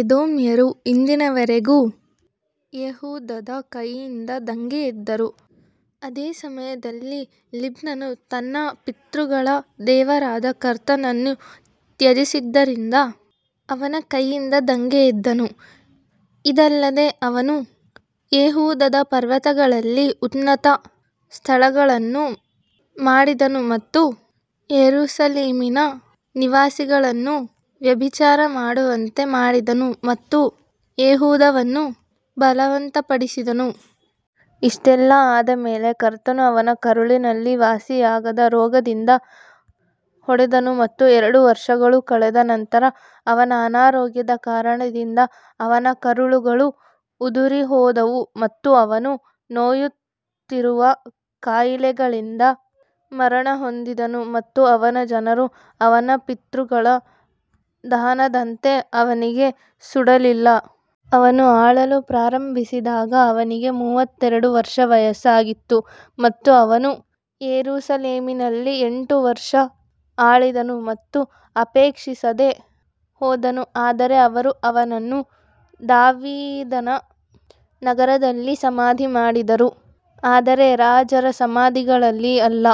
ಎದೋಮ್ಯರು ಇಂದಿನ ವರೆಗೂ ಯೆಹೂದದ ಕೈಯಿಂದ ದಂಗೆಯೆದ್ದರು, ಅದೇ ಸಮಯದಲ್ಲಿ ಲಿಬ್ನನು ತನ್ನ ಪಿತೃಗಳ ದೇವರಾದ ಕರ್ತನನ್ನು ತ್ಯಜಿಸಿದ್ದರಿಂದ ಅವನ ಕೈಯಿಂದ ದಂಗೆ ಎದ್ದನು. ಇದಲ್ಲದೆ ಅವನು ಯೆಹೂದದ ಪರ್ವತಗಳಲ್ಲಿ ಉನ್ನತ ಸ್ಥಳಗಳನ್ನು ಮಾಡಿದನು ಮತ್ತು ಯೆರೂಸಲೇಮಿನ ನಿವಾಸಿಗಳನ್ನು ವ್ಯಭಿಚಾರ ಮಾಡುವಂತೆ ಮಾಡಿದನು ಮತ್ತು ಯೆಹೂದವನ್ನು ಬಲವಂತಪಡಿಸಿದನು. ಇಷ್ಟೆಲ್ಲಾ ಆದ ಮೇಲೆ ಕರ್ತನು ಅವನ ಕರುಳಿನಲ್ಲಿ ವಾಸಿಯಾಗದ ರೋಗದಿಂದ ಹೊಡೆದನು ಮತ್ತು ಎರಡು ವರ್ಷಗಳು ಕಳೆದ ನಂತರ ಅವನ ಅನಾರೋಗ್ಯದ ಕಾರಣದಿಂದ ಅವನ ಕರುಳುಗಳು ಉದುರಿಹೋದವು ಮತ್ತು ಅವನು ನೋಯುತ್ತಿರುವ ಕಾಯಿಲೆಗಳಿಂದ ಮರಣಹೊಂದಿದನು ಮತ್ತು ಅವನ ಜನರು ಅವನ ಪಿತೃಗಳ ದಹನದಂತೆ ಅವನಿಗೆ ಸುಡಲಿಲ್ಲ. ಅವನು ಆಳಲು ಪ್ರಾರಂಭಿಸಿದಾಗ ಅವನಿಗೆ ಮೂವತ್ತೆರಡು ವರ್ಷ ವಯಸ್ಸಾಗಿತ್ತು ಮತ್ತು ಅವನು ಯೆರೂಸಲೇಮಿನಲ್ಲಿ ಎಂಟು ವರ್ಷ ಆಳಿದನು ಮತ್ತು ಅಪೇಕ್ಷಿಸದೆ ಹೋದನು ಆದರೆ ಅವರು ಅವನನ್ನು ದಾವೀದನ ನಗರದಲ್ಲಿ ಸಮಾಧಿ ಮಾಡಿದರು ಆದರೆ ರಾಜರ ಸಮಾಧಿಗಳಲ್ಲಿ ಅಲ್ಲ.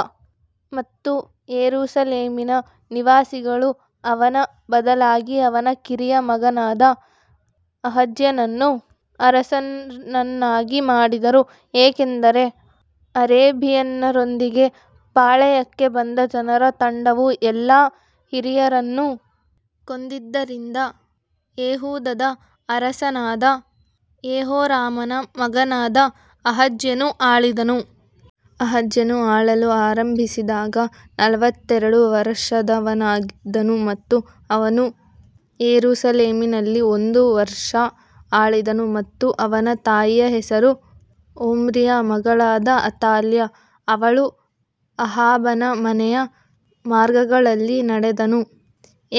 ಮತ್ತು ಯೆರೂಸಲೇಮಿನ ನಿವಾಸಿಗಳು ಅವನ ಬದಲಾಗಿ ಅವನ ಕಿರಿಯ ಮಗನಾದ ಅಹಜ್ಯನನ್ನು ಅರಸನನ್ನಾಗಿ ಮಾಡಿದರು, ಏಕೆಂದರೆ ಅರೇಬಿಯನ್ನರೊಂದಿಗೆ ಪಾಳೆಯಕ್ಕೆ ಬಂದ ಜನರ ತಂಡವು ಎಲ್ಲಾ ಹಿರಿಯರನ್ನು ಕೊಂದಿದ್ದರಿಂದ ಯೆಹೂದದ ಅರಸನಾದ ಯೆಹೋರಾಮನ ಮಗನಾದ ಅಹಜ್ಯನು ಆಳಿದನು. ಅಹಜ್ಯನು ಆಳಲು ಆರಂಭಿಸಿದಾಗ ನಲವತ್ತೆರಡು ವರುಷದವನಾಗಿದ್ದನು ಮತ್ತು ಅವನು ಯೆರೂಸಲೇಮಿನಲ್ಲಿ ಒಂದು ವರುಷ ಆಳಿದನು ಮತ್ತು ಅವನ ತಾಯಿಯ ಹೆಸರು ಒಮ್ರಿಯ ಮಗಳಾದ ಅತಾಲ್ಯ. ಅವನು ಅಹಾಬನ ಮನೆಯ ಮಾರ್ಗಗಳಲ್ಲಿ ನಡೆದನು,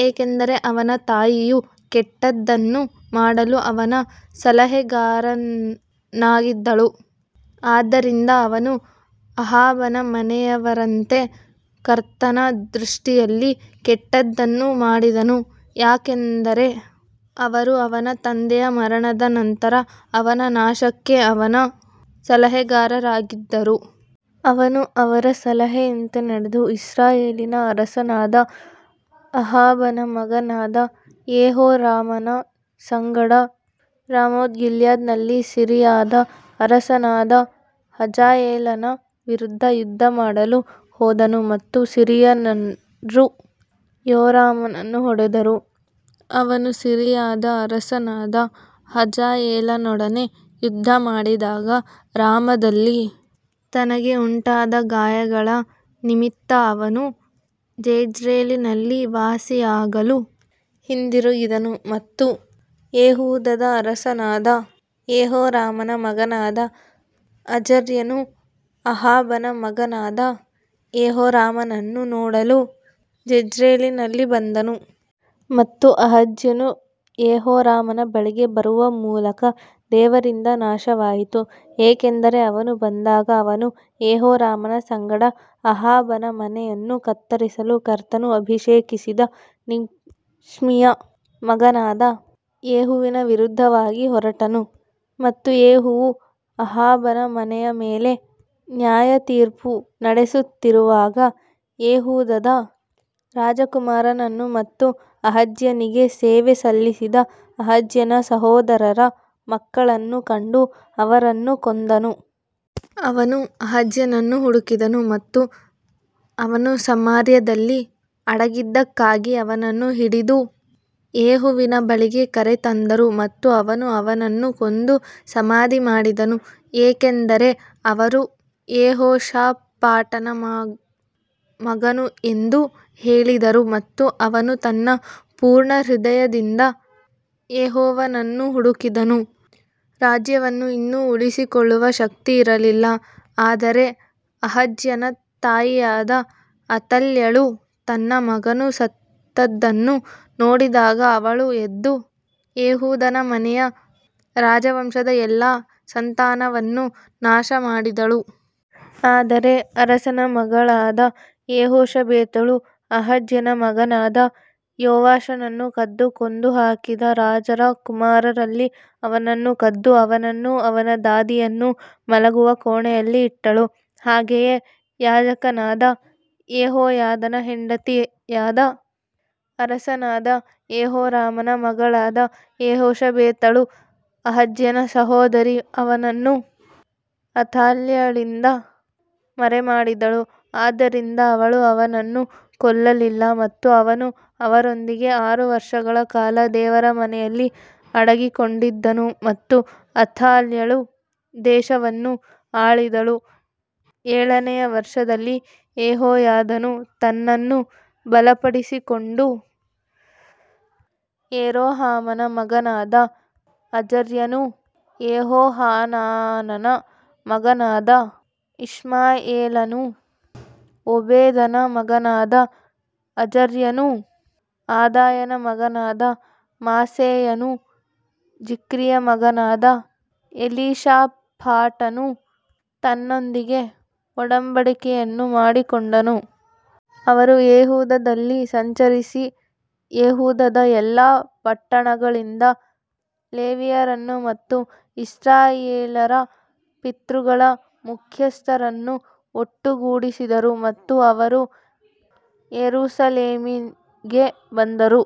ಏಕೆಂದರೆ ಅವನ ತಾಯಿಯು ಕೆಟ್ಟದ್ದನ್ನು ಮಾಡಲು ಅವನ ಸಲಹೆಗಾರನಾಗಿದ್ದಳು. ಆದದರಿಂದ ಅವನು ಅಹಾಬನ ಮನೆಯವರಂತೆ ಕರ್ತನ ದೃಷ್ಟಿಯಲ್ಲಿ ಕೆಟ್ಟದ್ದನ್ನು ಮಾಡಿದನು, ಯಾಕಂದರೆ ಅವರು ಅವನ ತಂದೆಯ ಮರಣದ ನಂತರ ಅವನ ನಾಶಕ್ಕೆ ಅವನ ಸಲಹೆಗಾರರಾಗಿದ್ದರು. ಅವನು ಅವರ ಸಲಹೆಯಂತೆ ನಡೆದು ಇಸ್ರಾಯೇಲಿನ ಅರಸನಾದ ಅಹಾಬನ ಮಗನಾದ ಯೆಹೋರಾಮನ ಸಂಗಡ ರಾಮೋತ್ಗಿಲ್ಯಾದ್ನಲ್ಲಿ ಸಿರಿಯಾದ ಅರಸನಾದ ಹಜಾಯೇಲನ ವಿರುದ್ಧ ಯುದ್ಧಮಾಡಲು ಹೋದನು ಮತ್ತು ಸಿರಿಯನ್ನರು ಯೋರಾಮನನ್ನು ಹೊಡೆದರು. ಅವನು ಸಿರಿಯಾದ ಅರಸನಾದ ಹಜಾಯೇಲನೊಡನೆ ಯುದ್ಧಮಾಡಿದಾಗ ರಾಮಾದಲ್ಲಿ ತನಗೆ ಉಂಟಾದ ಗಾಯಗಳ ನಿಮಿತ್ತ ಅವನು ಜೆಜ್ರೇಲಿನಲ್ಲಿ ವಾಸಿಯಾಗಲು ಹಿಂದಿರುಗಿದನು ಮತ್ತು ಯೆಹೂದದ ಅರಸನಾದ ಯೆಹೋರಾಮನ ಮಗನಾದ ಅಜರ್ಯನು ಅಹಾಬನ ಮಗನಾದ ಯೆಹೋರಾಮನನ್ನು ನೋಡಲು ಜೆಜ್ರೇಲಿನಲ್ಲಿ ಬಂದನು. ಮತ್ತು ಅಹಜ್ಯನು ಯೋರಾಮನ ಬಳಿಗೆ ಬರುವ ಮೂಲಕ ದೇವರಿಂದ ನಾಶವಾಯಿತು, ಏಕೆಂದರೆ ಅವನು ಬಂದಾಗ ಅವನು ಯೆಹೋರಾಮನ ಸಂಗಡ ಅಹಾಬನ ಮನೆಯನ್ನು ಕತ್ತರಿಸಲು ಕರ್ತನು ಅಭಿಷೇಕಿಸಿದ ನಿಮ್ಷಿಯ ಮಗನಾದ ಯೇಹುವಿಗೆ ವಿರುದ್ಧವಾಗಿ ಹೊರಟನು. ಮತ್ತು ಯೇಹುವು ಅಹಾಬನ ಮನೆಯ ಮೇಲೆ ನ್ಯಾಯತೀರ್ಪು ನಡೆಸುತ್ತಿರುವಾಗ ಯೆಹೂದದ ರಾಜಕುಮಾರರನ್ನು ಮತ್ತು ಅಹಜ್ಯನಿಗೆ ಸೇವೆ ಸಲ್ಲಿಸಿದ ಅಹಜ್ಯನ ಸಹೋದರರ ಮಕ್ಕಳನ್ನು ಕಂಡು ಅವರನ್ನು ಕೊಂದನು. ಅವನು ಅಹಜ್ಯನನ್ನು ಹುಡುಕಿದನು ಮತ್ತು ಅವನು ಸಮಾರ್ಯದಲ್ಲಿ ಅಡಗಿದ್ದಕ್ಕಾಗಿ ಅವನನ್ನು ಹಿಡಿದು ಯೇಹುವಿನ ಬಳಿಗೆ ಕರೆತಂದರು ಮತ್ತು ಅವರು ಅವನನ್ನು ಕೊಂದು ಸಮಾಧಿ ಮಾಡಿದರು ಏಕೆಂದರೆ ಅವರು ಯೆಹೋಷಾಫಾಟನ ಮಗನು ಎಂದು ಹೇಳಿದರು ಮತ್ತು ಅವನು ತನ್ನ ಪೂರ್ಣ ಹೃದಯದಿಂದ ಯೆಹೋವನನ್ನು ಹುಡುಕಿದನು. ರಾಜ್ಯವನ್ನು ಇನ್ನೂ ಉಳಿಸಿಕೊಳ್ಳುವ ಶಕ್ತಿ ಇರಲಿಲ್ಲ ಆದರೆ ಅಹಜ್ಯನ ತಾಯಿಯಾದ ಅತಲ್ಯಳು ತನ್ನ ಮಗನು ಸತ್ತದ್ದನ್ನು ನೋಡಿದಾಗ ಅವಳು ಎದ್ದು ಯೆಹೂದನ ಮನೆಯ ರಾಜವಂಶದ ಎಲ್ಲಾ ಸಂತಾನವನ್ನು ನಾಶಮಾಡಿದಳು. ಆದರೆ ಅರಸನ ಮಗಳಾದ ಯೆಹೋಷಬೇತಳು ಅಹಜ್ಯನ ಮಗನಾದ ಯೋವಾಷನನ್ನು ಕದ್ದು ಕೊಂದುಹಾಕಿದ ರಾಜರ ಕುಮಾರರಲ್ಲಿ ಅವನನ್ನು ಕದ್ದು ಅವನನ್ನೂ ಅವನ ದಾದಿಯನ್ನೂ ಮಲಗುವ ಕೋಣೆಯಲ್ಲಿ ಇಟ್ಟಳು, ಹಾಗೆಯೇ ಯಾಜಕನಾದ ಯೆಹೋಯಾದನ ಹೆಂಡತಿಯಾದ ಅರಸನಾದ ಯೆಹೋರಾಮನ ಮಗಳಾದ ಯೆಹೋಷಬೇತಳು ಅಹಜ್ಯನ ಸಹೋದರಿ ಅವನನ್ನು ಅಥಾಲ್ಯಳಿಂದ ಮರೆಮಾಡಿದಳು, ಆದ್ದರಿಂದ ಅವಳು ಅವನನ್ನು ಕೊಲ್ಲಲಿಲ್ಲ ಮತ್ತು ಅವನು ಅವರೊಂದಿಗೆ ಆರು ವರ್ಷಗಳ ಕಾಲ ದೇವರ ಮನೆಯಲ್ಲಿ ಅಡಗಿಕೊಂಡಿದ್ದನು ಮತ್ತು ಅಥಾಲ್ಯಳು ದೇಶವನ್ನು ಆಳಿದಳು ಏಳನೆಯ ವರುಷದಲ್ಲಿ ಯೆಹೋಯಾದನು ತನ್ನನ್ನು ಬಲಪಡಿಸಿಕೊಂಡು ಯೆರೋಹಾಮನ ಮಗನಾದ ಅಜರ್ಯನೂ ಯೆಹೋಹಾನಾನನ ಮಗನಾದ ಇಷ್ಮಾಯೇಲನೂ ಓಬೇದನ ಮಗನಾದ ಅಜರ್ಯನೂ ಆದಾಯನ ಮಗನಾದ ಮಾಸೇಯನೂ ಜಿಕ್ರಿಯ ಮಗನಾದ ಎಲೀಷಾಫಾಟನೂ ತನ್ನೊಂದಿಗೆ ಒಡಂಬಡಿಕೆಯನ್ನು ಮಾಡಿಕೊಂಡನು. ಅವರು ಯೆಹೂದದಲ್ಲಿ ಸಂಚರಿಸಿ ಯೆಹೂದದ ಎಲ್ಲಾ ಪಟ್ಟಣಗಳಿಂದ ಲೇವಿಯರನ್ನು ಮತ್ತು ಇಸ್ರಾಯೇಲ್ಯರ ಪಿತೃಗಳ ಮುಖ್ಯಸ್ಥರನ್ನು ಒಟ್ಟುಗೂಡಿಸಿದರು ಮತ್ತು ಅವರು ಯೆರೂಸಲೇಮಿಗೆ ಬಂದರು.